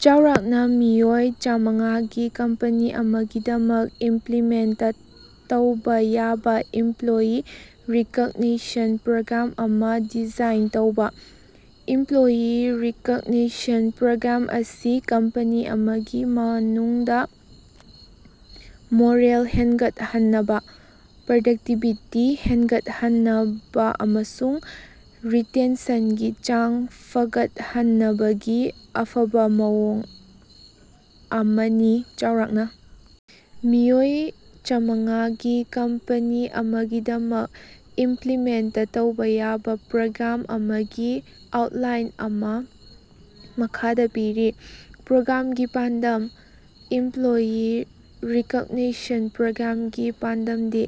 ꯆꯥꯎꯔꯥꯛꯅꯥ ꯃꯤꯑꯣꯏ ꯆꯥꯃꯉꯥꯒꯤ ꯀꯝꯄꯅꯤ ꯑꯃꯒꯤꯗꯃꯛ ꯏꯝꯄ꯭ꯂꯤꯃꯦꯟꯇ ꯇꯧꯕꯥ ꯌꯥꯕꯥ ꯏꯝꯄ꯭ꯂꯣꯌꯤ ꯔꯤꯀꯣꯒꯅꯤꯁꯟ ꯄ꯭ꯔꯣꯒ꯭ꯔꯥꯝ ꯑꯃꯥ ꯗꯤꯖꯥꯏꯟ ꯇꯧꯕꯥ꯫ ꯏꯝꯄ꯭ꯂꯣꯌꯤ ꯔꯤꯀꯣꯒꯅꯤꯁꯟ ꯄ꯭ꯔꯣꯒ꯭ꯔꯥꯝ ꯑꯁꯤ ꯀꯝꯄꯅꯤ ꯑꯃꯒꯤ ꯃꯅꯨꯡꯗꯥ ꯃꯣꯔꯦꯜ ꯍꯦꯟꯒꯠꯍꯟꯅꯕꯥ, ꯄ꯭ꯔꯗꯛꯇꯤꯚꯤꯇꯤ ꯍꯦꯟꯒꯠꯍꯟꯅꯕꯥ ꯑꯃꯁꯨꯡ ꯔꯤꯇꯦꯟꯁꯟꯒꯤ ꯆꯥꯡ ꯐꯒꯠꯍꯟꯅꯕꯒꯤ ꯑꯐꯕꯥ ꯃꯑꯣꯡ ꯑꯃꯅꯤ꯫ ꯆꯥꯎꯔꯥꯛꯅꯥ ꯃꯤꯑꯣꯏ ꯆꯥꯃꯉꯥꯒꯤ ꯀꯝꯄꯦꯅꯤ ꯑꯃꯒꯤꯗꯃꯛ ꯏꯝꯄ꯭ꯂꯤꯃꯦꯟꯇ ꯇꯧꯕꯥ ꯌꯥꯕꯥ ꯄ꯭ꯔꯣꯒ꯭ꯔꯥꯝ ꯑꯃꯒꯤ ꯑꯥꯎꯠꯂꯥꯏꯟ ꯑꯃꯥ ꯃꯈꯥꯗꯥ ꯄꯤꯔꯤ꯫ ꯄ꯭ꯔꯣꯒ꯭ꯔꯥꯝꯒꯤ ꯄꯥꯟꯗꯝ: ꯏꯝꯄ꯭ꯂꯣꯌꯤ ꯔꯤꯀꯣꯒꯅꯤꯁꯟ ꯄ꯭ꯔꯣꯒ꯭ꯔꯥꯝꯒꯤ ꯄꯥꯟꯗꯝꯗꯤ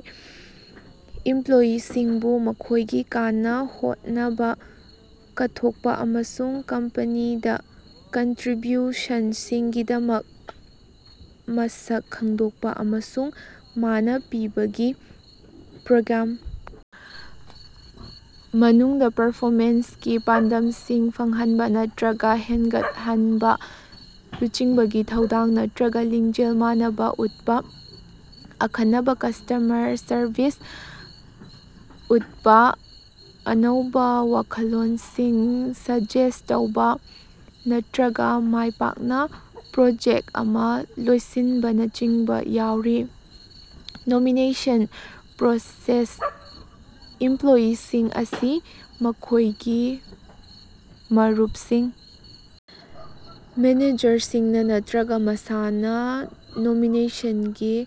ꯏꯝꯄ꯭ꯂꯣꯌꯤꯁꯤꯡꯕꯨ ꯃꯈꯣꯢꯒꯤ ꯀꯟꯅꯥ ꯍꯣꯠꯅꯕꯥ, ꯀꯠꯊꯣꯀꯄꯥ ꯑꯃꯁꯨꯡ ꯀꯝꯄꯅꯤꯗꯥ ꯀꯟꯇ꯭ꯔꯤꯕ꯭ꯌꯨꯁꯟꯁꯤꯡꯒꯤꯗꯃꯛ ꯃꯁꯛ ꯈꯪꯗꯣꯛꯄꯥ ꯑꯃꯁꯨꯡ ꯃꯥꯅꯥ ꯄꯤꯕꯒꯤ꯫ ꯄ꯭ꯔꯣꯒ꯭ꯔꯥꯝ ꯃꯅꯨꯡꯗꯥ ꯄꯔꯐꯣꯃꯦꯟꯁꯀꯤ ꯄꯥꯟꯗꯝꯁꯤꯡ ꯐꯪꯍꯟꯕꯥ ꯅꯠꯇ꯭ꯔꯒꯥ ꯍꯦꯟꯒꯠꯍꯟꯕꯥ, ꯂꯨꯆꯤꯡꯕꯒꯤ ꯊꯧꯗꯥꯡ ꯅꯠꯇ꯭ꯔꯒꯥ ꯂꯤꯡꯖꯦꯜ ꯃꯥꯅꯕꯥ ꯎꯠꯄꯥ, ꯑꯈꯟꯅꯕꯥ ꯀꯁꯇꯃꯔ ꯁꯔꯕꯤꯁ ꯎꯠꯄꯥ, ꯑꯅꯧꯕꯥ ꯋꯥꯈꯜꯂꯣꯟꯁꯤꯡ ꯁꯖꯦꯁꯇ ꯇꯧꯕꯥ, ꯅꯠꯇ꯭ꯔꯒꯥ ꯃꯥꯏ ꯄꯥꯛꯅꯥ ꯄ꯭ꯔꯣꯖꯦꯛꯇ ꯑꯃꯥ ꯂꯣꯏꯁꯤꯟꯕꯥꯅꯆꯤꯡꯕ ꯌꯥꯎꯔꯤ꯫ ꯅꯣꯃꯤꯅꯦꯁꯟ ꯄ꯭ꯔꯣꯁꯦꯁ: ꯏꯝꯄ꯭ꯂꯣꯌꯤꯁꯤꯡ ꯑꯁꯤ ꯃꯈꯣꯢꯒꯤ ꯃꯔꯨꯞꯁꯤꯡ, ꯃꯦꯅꯦꯖꯔꯁꯤꯡꯅꯥ ꯅꯠꯇ꯭ꯔꯒꯥ ꯃꯁꯥꯅꯥ ꯅꯣꯃꯤꯅꯦꯁꯟꯒꯤ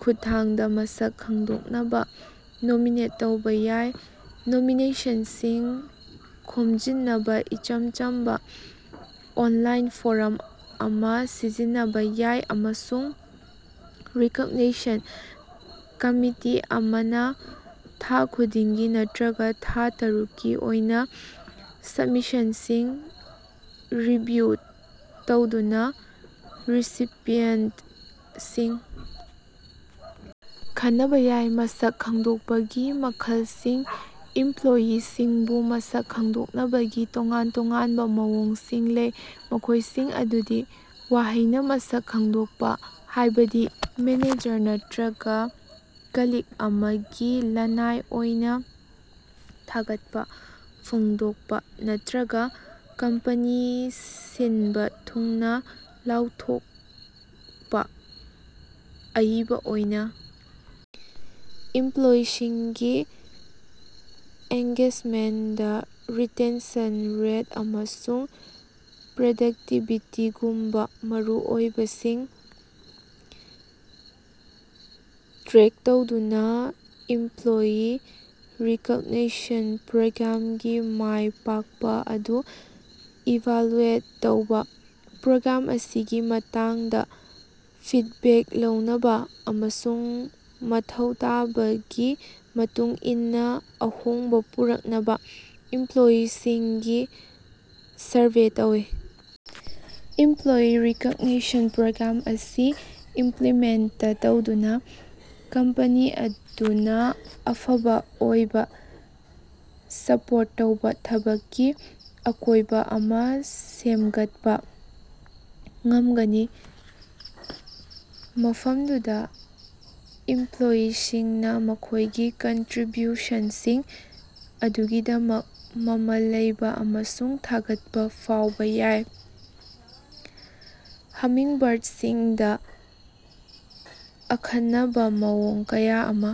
ꯈꯨꯠꯊꯥꯡꯗꯥ ꯃꯁꯛ ꯈꯪꯗꯣꯛꯅꯕꯥ ꯅꯣꯃꯤꯅꯦꯠ ꯇꯧꯕꯥ ꯌꯥꯏ꯫ ꯅꯣꯃꯤꯅꯦꯁꯟꯁꯤꯡ ꯈꯣꯝꯖꯤꯟꯅꯕꯥ ꯏꯆꯝ ꯆꯝꯕꯥ ꯑꯣꯟꯂꯥꯏꯟ ꯐꯣꯔꯝ ꯑꯃꯥ ꯁꯤꯖꯤꯟꯅꯕꯥ ꯌꯥꯏ, ꯑꯃꯁꯨꯡ ꯔꯤꯀꯣꯛꯅꯤꯁꯟ ꯀꯝꯃꯤꯇꯤ ꯑꯃꯅꯥ ꯊꯥ ꯈꯨꯗꯤꯡꯒꯤ ꯅꯠꯇ꯭ꯔꯒꯥ ꯊꯥ ꯇꯔꯨꯛꯀꯤ ꯑꯣꯏꯅꯥ ꯁꯕꯃꯤꯁꯟꯁꯤꯡ ꯔꯤꯚꯤꯌꯨ ꯇꯧꯗꯨꯅꯥ ꯔꯤꯁꯤꯄꯤꯌꯟꯇꯁꯤꯡ ꯈꯟꯅꯕ ꯌꯥꯏ꯫ ꯃꯁꯛ ꯈꯪꯗꯣꯛꯄꯒꯤ ꯃꯈꯜꯁꯤꯡ: ꯏꯝꯄ꯭ꯂꯣꯌꯤꯁꯤꯡꯕꯨ ꯃꯁꯛ ꯈꯪꯗꯣꯛꯅꯕꯒꯤ ꯇꯣꯉꯥꯟ ꯇꯣꯉꯥꯟꯕꯥ ꯃꯑꯣꯡꯁꯤꯡ ꯂꯩ, ꯃꯈꯣꯏꯁꯤꯡ ꯑꯗꯨꯗꯤ: ꯋꯥꯍꯩꯅꯥ ꯃꯁꯛ ꯈꯪꯗꯣꯛꯄꯥ, ꯍꯥꯏꯕꯗꯤ ꯃꯦꯅꯦꯖꯔ ꯅꯠꯇ꯭ꯔꯒꯥ ꯀꯣꯂꯤꯛ ꯑꯃꯗꯒꯤ ꯂꯅꯥꯏ ꯑꯣꯏꯅꯥ ꯊꯥꯒꯠꯄꯥ ꯐꯣꯡꯗꯣꯛꯄꯥ, ꯅꯠꯇ꯭ꯔꯒꯥ ꯀꯝꯄꯅꯤ ꯁꯤꯟꯕꯥ ꯊꯨꯡꯅꯥ ꯂꯥꯎꯊꯣꯀꯄꯥ꯫ ꯑꯏꯕꯥ ꯑꯣꯏꯅꯥ ꯏꯃꯄ꯭ꯂꯣꯌꯤꯁꯤꯡꯒꯤ ꯑꯦꯟꯒꯦꯖꯃꯦꯟꯇꯗ ꯔꯤꯇꯦꯟꯁꯟ ꯔꯦꯠ, ꯑꯃꯁꯨꯡ ꯄ꯭ꯔꯗꯛꯇꯤꯕꯤꯇꯤꯒꯨꯝꯕꯥ ꯃꯔꯨꯑꯣꯏꯕꯥ ꯁꯤꯡ ꯇ꯭ꯔꯦꯛ ꯇꯧꯗꯨꯅꯥ ꯏꯝꯄ꯭ꯂꯣꯌꯤ ꯔꯤꯀꯣꯒꯅꯤꯁꯟ ꯄ꯭ꯔꯣꯒ꯭ꯔꯥꯝꯒꯤ ꯃꯥꯢ ꯄꯥꯛꯄꯥ ꯑꯗꯨ ꯏꯚꯥꯂꯨꯑꯦꯠ ꯇꯧꯕꯥ꯫ ꯄ꯭ꯔꯣꯒ꯭ꯔꯥꯝ ꯑꯁꯤꯒꯤ ꯃꯇꯥꯡꯗꯥ ꯐꯤꯗꯕꯦꯛ ꯂꯧꯅꯕꯥ ꯑꯃꯁꯨꯡ ꯃꯊꯧ ꯇꯥꯕꯒꯤ ꯃꯇꯨꯡ ꯏꯟꯅꯥ ꯑꯍꯣꯡꯕꯥ ꯄꯨꯔꯛꯅꯕꯥ ꯏꯝꯄ꯭ꯂꯣꯌꯤꯁꯤꯡꯒꯤ ꯁꯔꯚꯦ ꯇꯧꯏ꯫ ꯏꯝꯄ꯭ꯂꯣꯌꯤ ꯔꯤꯀꯣꯒꯅꯤꯁꯟ ꯄ꯭ꯔꯣꯒ꯭ꯔꯥꯝ ꯑꯁꯤ ꯏꯝꯄ꯭ꯂꯤꯃꯦꯟꯇ ꯇꯧꯗꯨꯅꯥ, ꯀꯝꯄꯅꯤ ꯑꯗꯨꯅꯥ ꯑꯐꯕ ꯑꯣꯏꯕꯥ ꯁꯄꯣꯔꯠ ꯇꯧꯕꯥ ꯊꯕꯛꯀꯤ ꯑꯀꯣꯏꯕ ꯑꯃꯥ ꯁꯦꯃꯒꯠꯄꯥ ꯉꯝꯒꯅꯤ, ꯃꯐꯝꯗꯨꯗꯥ ꯏꯝꯄ꯭ꯂꯣꯌꯤꯁꯤꯡꯅꯥ ꯃꯈꯣꯏꯒꯤ ꯀꯟꯇ꯭ꯔꯤꯕ꯭ꯌꯨꯁꯟꯁꯤꯡ ꯑꯗꯨꯒꯤꯗꯃꯛ ꯃꯃꯜ ꯂꯩꯕꯥ ꯑꯃꯁꯨꯡ ꯊꯥꯒꯠꯄꯥ ꯐꯥꯎꯕꯥ ꯌꯥꯏ꯫ ꯍꯃꯤꯡꯕꯥꯔꯗꯁꯤꯡꯗꯥ ꯑꯈꯟꯅꯕꯥ ꯃꯑꯣꯡ ꯀꯌꯥ ꯑꯃꯥ